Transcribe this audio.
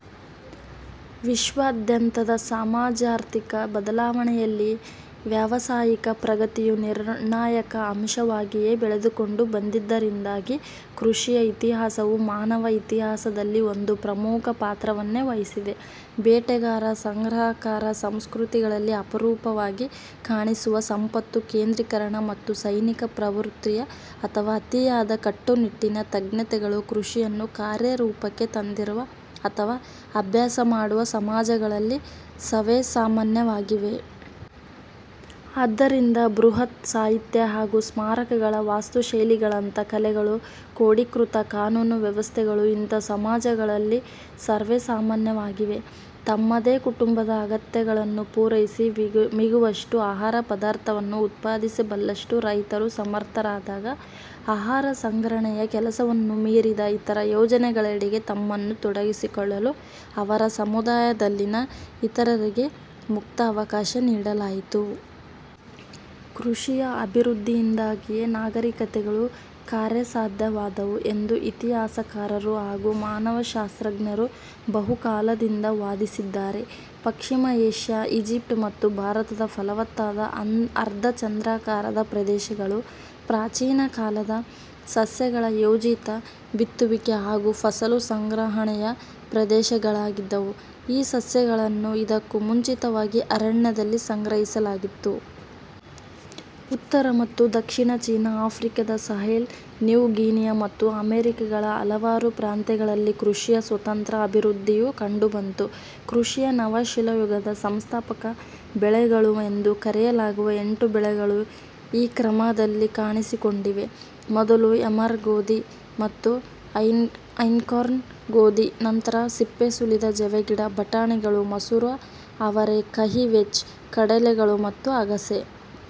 ವಿಶ್ವಾದ್ಯಂತದ ಸಮಾಜಾರ್ಥಿಕ ಬದಲಾವಣೆಯಲ್ಲಿ ವ್ಯಾವಸಾಯಿಕ ಪ್ರಗತಿಯು ನಿರ್ಣಾಯಕ ಅಂಶವಾಗಿಯೇ ಬೆಳೆದುಕೊಂಡು ಬಂದಿದ್ದರಿಂದಾಗಿ, ಕೃಷಿಯ ಇತಿಹಾಸವು ಮಾನವ ಇತಿಹಾಸದಲ್ಲಿ ಒಂದು ಪ್ರಮುಖ ಪಾತ್ರವನ್ನೇ ವಹಿಸಿದೆ. ಬೇಟೆಗಾರ-ಸಂಗ್ರಹಕಾರ ಸಂಸ್ಕೃತಿಗಳಲ್ಲಿ ಅಪರೂಪವಾಗಿ ಕಾಣಿಸುವ ಸಂಪತ್ತು -ಕೇಂದ್ರೀಕರಣ ಮತ್ತು ಸೈನಿಕ ಪ್ರವೃತ್ತಿಯ ಅಥವಾ ಅತಿಯಾದ ಕಟ್ಟುನಿಟ್ಟಿನ ತಜ್ಞತೆಗಳು, ಕೃಷಿಯನ್ನು ಕಾರ್ಯರೂಪಕ್ಕೆ ತಂದಿರುವ ಅಥವಾ ಅಭ್ಯಾಸ ಮಾಡುವ ಸಮಾಜಗಳಲ್ಲಿ ಸವೇಸಾಮಾನ್ಯವಾಗಿವೆ. ಆದ್ದರಿಂದ, ಬೃಹತ್- ಸಾಹಿತ್ಯ ಹಾಗೂ ಸ್ಮಾರಕಗಳ ವಾಸ್ತುಶೈಲಿಗಳಂಥ ಕಲೆಗಳು, ಕ್ರೋಡೀಕೃತ ಕಾನೂನು ವ್ಯವಸ್ಥೆಗಳೂ ಇಂಥ ಸಮಾಜಗಳಲ್ಲಿ ಸರ್ವೇಸಾಮಾನ್ಯವಾಗಿವೆ. ತಮ್ಮದೇ ಕುಟುಂಬದ ಅಗತ್ಯಗಳನ್ನು ಪೂರೈಸಿ ಮಿಗುವಷ್ಟು ಆಹಾರ ಪದಾರ್ಥವನ್ನು ಉತ್ಪಾದಿಸಬಲ್ಲಷ್ಟು ರೈತರು ಸಮರ್ಥರಾದಾಗ, ಆಹಾರ ಸಂಗ್ರಹಣೆಯ ಕೆಲಸವನ್ನೂ ಮೀರಿದ ಇತರ ಯೋಜನೆಗಳೆಡೆಗೆ ತಮ್ಮನ್ನು ತೊಡಗಿಸಿಕೊಳ್ಳಲು ಅವರ ಸಮುದಾಯದಲ್ಲಿನ ಇತರರಿಗೆ ಮುಕ್ತ ಅವಕಾಶ ನೀಡಲಾಯಿತು. ಕೃಷಿಯ ಅಭಿವೃದ್ಧಿಯಿಂದಾಗಿಯೇ ನಾಗರಿಕತೆಗಳು ಕಾರ್ಯಸಾಧ್ಯವಾದವು ಎಂದು ಇತಿಹಾಸಕಾರರು ಹಾಗೂ ಮಾನವಶಾಸ್ತ್ರಜ್ಞರು ಬಹುಕಾಲದಿಂದ ವಾದಿಸಿದ್ದಾರೆ. ಪಶ್ಚಿಮ ಏಷ್ಯಾ, ಈಜಿಪ್ಟ್, ಮತ್ತು ಭಾರತದ ಫಲವತ್ತಾದ ಅರ್ಧಚಂದ್ರಾಕಾರದ ಪ್ರದೇಶಗಳು, ಪ್ರಾಚೀನ ಕಾಲದ ಸಸ್ಯಗಳ ಯೋಜಿತ ಬಿತ್ತುವಿಕೆ ಹಾಗೂ ಫಸಲು ಸಂಗ್ರಹಣೆಯ ಪ್ರದೇಶಗಳಾಗಿದ್ದವು. ಈ ಸಸ್ಯಗಳನ್ನು ಇದಕ್ಕೂ ಮುಂಚಿತವಾಗಿ ಅರಣ್ಯದಲ್ಲಿ ಸಂಗ್ರಹಿಸಲಾಗಿತ್ತು. ಉತ್ತರ ಮತ್ತು ದಕ್ಷಿಣ ಚೀನಾ, ಆಫ್ರಿಕಾದ ಸಹೆಲ್, ನ್ಯೂ ಗಿನಿಯಾ ಮತ್ತು ಅಮೆರಿಕಗಳ ಹಲವಾರು ಪ್ರಾಂತ್ಯಗಳಲ್ಲಿ ಕೃಷಿಯ ಸ್ವತಂತ್ರ ಅಭಿವೃದ್ಧಿಯು ಕಂಡುಬಂತು. ಕೃಷಿಯ ನವಶಿಲಾಯುಗದ ಸಂಸ್ಥಾಪಕ ಬೆಳೆಗಳು ಎಂದು ಕರೆಯಲಾಗುವ ಎಂಟು ಬೆಳೆಗಳು ಈ ಕ್ರಮದಲ್ಲಿ ಕಾಣಿಸಿಕೊಂಡಿವೆ: ಮೊದಲು ಎಮರ್ ಗೋಧಿ ಮತ್ತು ಐನ್ಕಾರ್ನ್ ಗೋಧಿ, ನಂತರ ಸಿಪ್ಪೆಸುಲಿದ ಜವೆಗಿಡ, ಬಟಾಣಿಗಳು, ಮಸೂರ ಅವರೆ, ಕಹಿ ವೆಚ್, ಕಡಲೆ ಗಳು ಮತ್ತು ಅಗಸೆ.